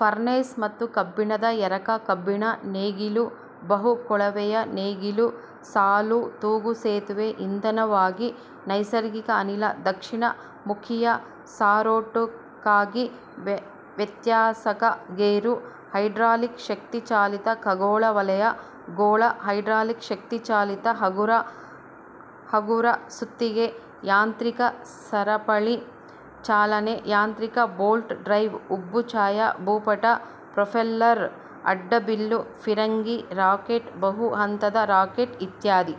Furnace ಮತ್ತು ಕಬ್ಬಿಣದ ಎರಕ, ಕಬ್ಬಿಣ ನೇಗಿಲು, ಬಹು-ಕೊಳವೆಯ ನೇಗಿಲ ಸಾಲು, ತೂಗು ಸೇತುವೆ, ಇಂಧನವಾಗಿ ನೈಸರ್ಗಿಕ ಅನಿಲ, ದಕ್ಷಿಣ ಮುಖೀಯ ಸಾರೋಟು ಕ್ಕಾಗಿ ವ್ಯತ್ಯಾಸಕ ಗೇರು, ಹೈಡ್ರಾಲಿಕ್ ಶಕ್ತಿಚಾಲಿತ ಖಗೋಳ ವಲಯ ಗೋಳ, ಹೈಡ್ರಾಲಿಕ್-ಶಕ್ತಿ ಚಾಲಿತ ಹಗುರ ಸುತ್ತಿಗೆ, ಯಾಂತ್ರಿಕ ಸರಪಣಿ ಚಾಲನೆ, ಯಾಂತ್ರಿಕ ಬೆಲ್ಟ್ ಡ್ರೈವ್, ಉಬ್ಬು ಛಾಯಾ ಭೂಪಟ, ಪ್ರೊಪೆಲ್ಲರ್, ಅಡ್ಡಬಿಲ್ಲು, ಫಿರಂಗಿ, ರಾಕೆಟ್, ಬಹು ಹಂತದ ರಾಕೆಟ್ ಇತ್ಯಾದಿ.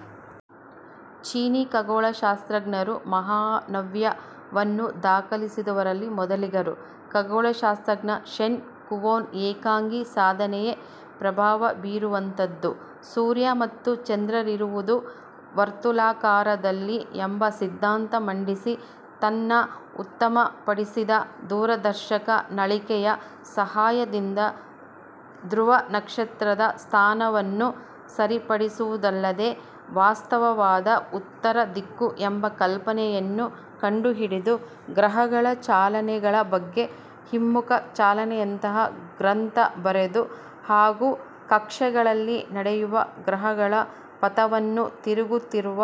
ಚೀನೀ ಖಗೋಳಶಾಸ್ತ್ರಜ್ಞರು ಮಹಾನವ್ಯ ವನ್ನು ದಾಖಲಿಸಿದವರಲ್ಲಿ ಮೊದಲಿಗರು. ಖಗೋಳಶಾಸ್ತ್ರಜ್ಞ ಶೆನ್ ಕುವೋನ ಏಕಾಂಗಿ ಸಾಧನೆಯೇ ಪ್ರಭಾವ ಬೀರುವಂತಹದ್ದು, ಸೂರ್ಯ ಮತ್ತು ಚಂದ್ರರಿರುವುದು ವರ್ತುಲಾಕಾರದಲ್ಲಿ ಎಂಬ ಸಿದ್ಧಾಂತ ಮಂಡಿಸಿ, ತನ್ನ ಉತ್ತಮಪಡಿಸಿದ ದೂರದರ್ಶಕ ನಳಿಕೆಯ ಸಹಾಯದಿಂದ ಧೃವ ನಕ್ಷತ್ರ ದ ಸ್ಥಾನವನ್ನು ಸರಿಪಡಿಸಿದುದಲ್ಲದೇ, ವಾಸ್ತವವಾದ ಉತ್ತರದಿಕ್ಕು ಎಂಬ ಕಲ್ಪನೆಯನ್ನು ಕಂಡುಹಿಡಿದು, ಗ್ರಹಗಳ ಚಲನೆಗಳ ಬಗ್ಗೆ ಹಿಮ್ಮುಖ ಚಲನೆಯಂತಹಾ ಗ್ರಂಥ ಬರೆದು, ಹಾಗೂ ಕಕ್ಷೆಗಳಲ್ಲಿ ನಡೆಯುವ ಗ್ರಹಗಳ ಪಥವನ್ನು ತಿರುಗುತ್ತಿರುವ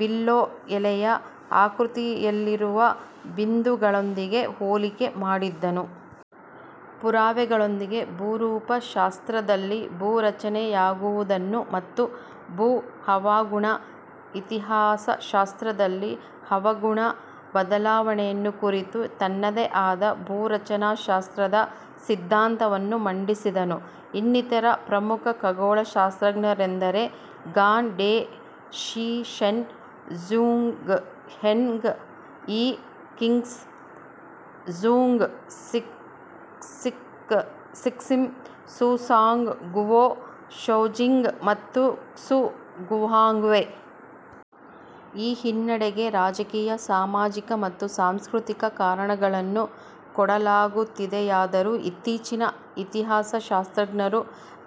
ವಿಲ್ಲೋ ಎಲೆಯ ಆಕೃತಿಯಲ್ಲಿರುವ ಬಿಂದುಗಳೊಂದಿಗೆ ಹೋಲಿಕೆ ಮಾಡಿದ್ದನು. ಪುರಾವೆಗಳೊಂದಿಗೆ ಭೂರೂಪಶಾಸ್ತ್ರದಲ್ಲಿ ಭೂರಚನೆಯಾಗುವುದನ್ನು ಮತ್ತು ಭೂಹವಾಗುಣ ಇತಿಹಾಸಶಾಸ್ತ್ರ ದಲ್ಲಿ ಹವಾಗುಣ ಬದಲಾವಣೆಯನ್ನು ಕುರಿತು ತನ್ನದೇ ಆದ ಭೂರಚನಾ ಶಾಸ್ತ್ರದ ಸಿದ್ಧಾಂತಗಳನ್ನು ಮಂಡಿಸಿದನು. ಇನ್ನಿತರ ಪ್ರಮುಖ ಖಗೋಳಶಾಸ್ತ್ರಜ್ಞರೆಂದರೆ Gan De, Shi Shen, Zhang Heng, Yi Xing, Zhang Sixun, Su Song, Guo Shoujing, ಮತ್ತು ಕ್ಸು ಗುವಾಂಗ್ಕ್ವಿ. ಈ ಹಿನ್ನಡೆಗೆ ರಾಜಕೀಯ, ಸಾಮಾಜಿಕ ಮತ್ತು ಸಾಂಸ್ಕೃತಿಕ ಕಾರಣಗಳನ್ನು ಕೊಡಲಾಗುತ್ತಿದೆಯಾದರೂ, ಇತ್ತೀಚಿನ ಇತಿಹಾಸಶಾಸ್ತ್ರಜ್ಞರು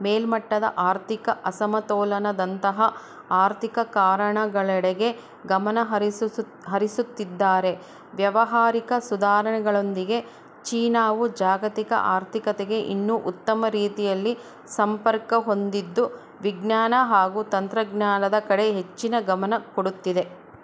ಮೇಲ್ಮಟ್ಟದ ಆರ್ಥಿಕ ಅಸಮತೋಲನದಂತಹಾ ಆರ್ಥಿಕ ಕಾರಣ ಗಳೆಡೆ ಗಮನ ಹರಿಸುತ್ತಿದ್ದಾರೆ. ವ್ಯಾವಹಾರಿಕ ಸುಧಾರಣೆಗಳೊಂದಿಗೆ ಚೀನಾವು ಜಾಗತಿಕ ಆರ್ಥಿಕತೆಗೆ ಇನ್ನೂ ಉತ್ತಮ ರೀತಿಯಲ್ಲಿ ಸಂಪರ್ಕ ಹೊಂದಿದ್ದು ವಿಜ್ಞಾನ ಹಾಗೂ ತಂತ್ರಜ್ಞಾನದ ಕಡೆ ಹೆಚ್ಚಿನ ಗಮನ ಕೊಡುತ್ತಿದೆ.